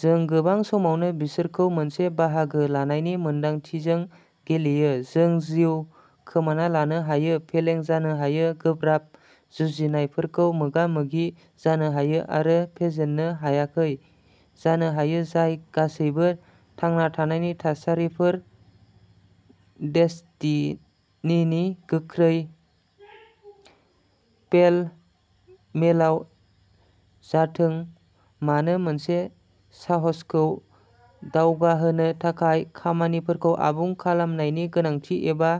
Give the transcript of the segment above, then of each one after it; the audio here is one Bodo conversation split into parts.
जों गोबां समावनो बिसोरखौ मोनसे बाहागो लानायनि मोन्दांथिजों गेलेयो। जों जिउ खोमाना लानो हायो, फेलें जानो हायो, गोब्राब जुजिनायफोरखौ मोगा-मोगि जानो हायो आरो फेजेननो हायासै जानो हायो, जाय गासैबो थांना थानायनि थासारिफोर। डेस्टिनिनि गोख्रों पेल मेलाव जाथों मानो मोनसे साहसखौ दावगाहोनो थाखाय खामानिफोरखौ आबुं खालामनायनि गोनांथि एबा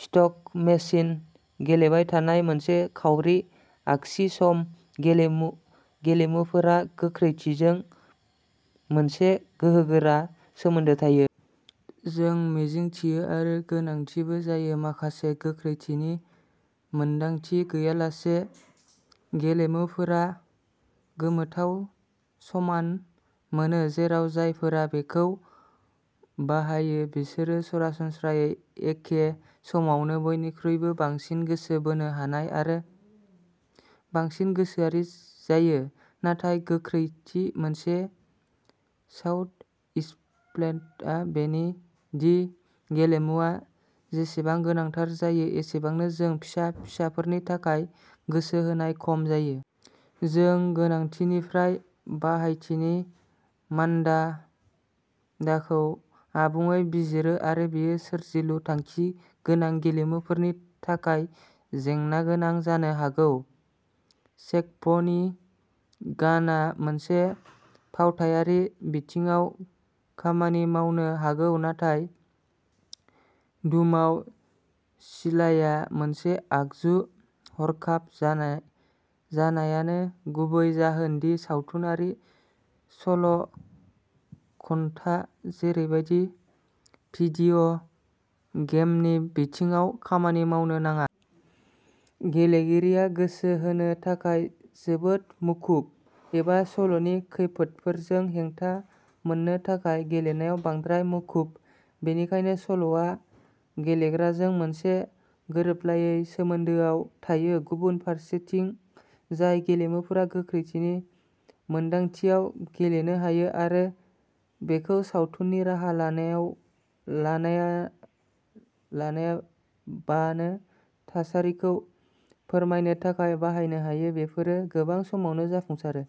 स्लट मेसिन गेलेबाय थानाय मोनसे खाउरि आगसि सम, गेलेमुफोरा गोख्रैथिजों मोनसे गोहोगोरा सोमोन्दो थायो। जों मिजिंथियो आरो गोनांथिबो जायो। माखासे गोख्रैथिनि मोनदांथि गैयालासे गेलेमुफोरा गोमोथावै समान मोनो, जेराव जायफोरा बेखौ बाहायो बिसोरो सरासनस्रायै एखे समावनो बयनिख्रुइबो बांसिन गोसो बोनो हानाय आरो बांसिन गोसोआरि जायो। नाथाय गोख्रैथिनि मोनसे साइड इफेक्टआ बेनो दि गेलेमुआ जेसेबां गोनांथार जायो एसेबांनो जों फिसा-फिसाफोरनि थाखाय गोसो होनाय खम जायो। जों गोनांथिनिफ्राय बाहायथिनि मानदान्दाखौ आबुङै बिजिरो आरो बेयो सोरजिलु थांखि गोनां गेलेमुफोरनि थाखाय जेंनागोनां जानो हागौ। चेखभनि गानआ मोनसे फावथायारि बिथिङाव खामानि मावनो हागौ नाथाय डुमआव सिलाइआ मोनसे आगजु। हरखाब जानायानो गुबै जाहोन दि सावथुनारि सल'खन्थाया जेरैबादि भिदिय'गेमनि बिथिङाव खामानि मावनो नाङा। गेलेगिरिया गोसो होनो थाखाय जोबोद मुखुब एबा सल'नि खोन्दोफोरजों हेंथा मोननो थाखाय गेलेनायाव बांद्राय मुखुब। बेनिखायनो सल'आ गेलेग्राजों मोनसे गोरोबलायै सोमोन्दोआव थायो। गुबुन फारसेथिं जाय गेलेमुफोरा गोख्रैथिनि मोनदांथियाव गेलेनो हायो आरो बेखौ सावथुननि राहा लायालाबानो थासारिखौ फोरमायनो थाखाय बाहायनो हायो, बेफोरो गोबां समावनो जाफुंसारो।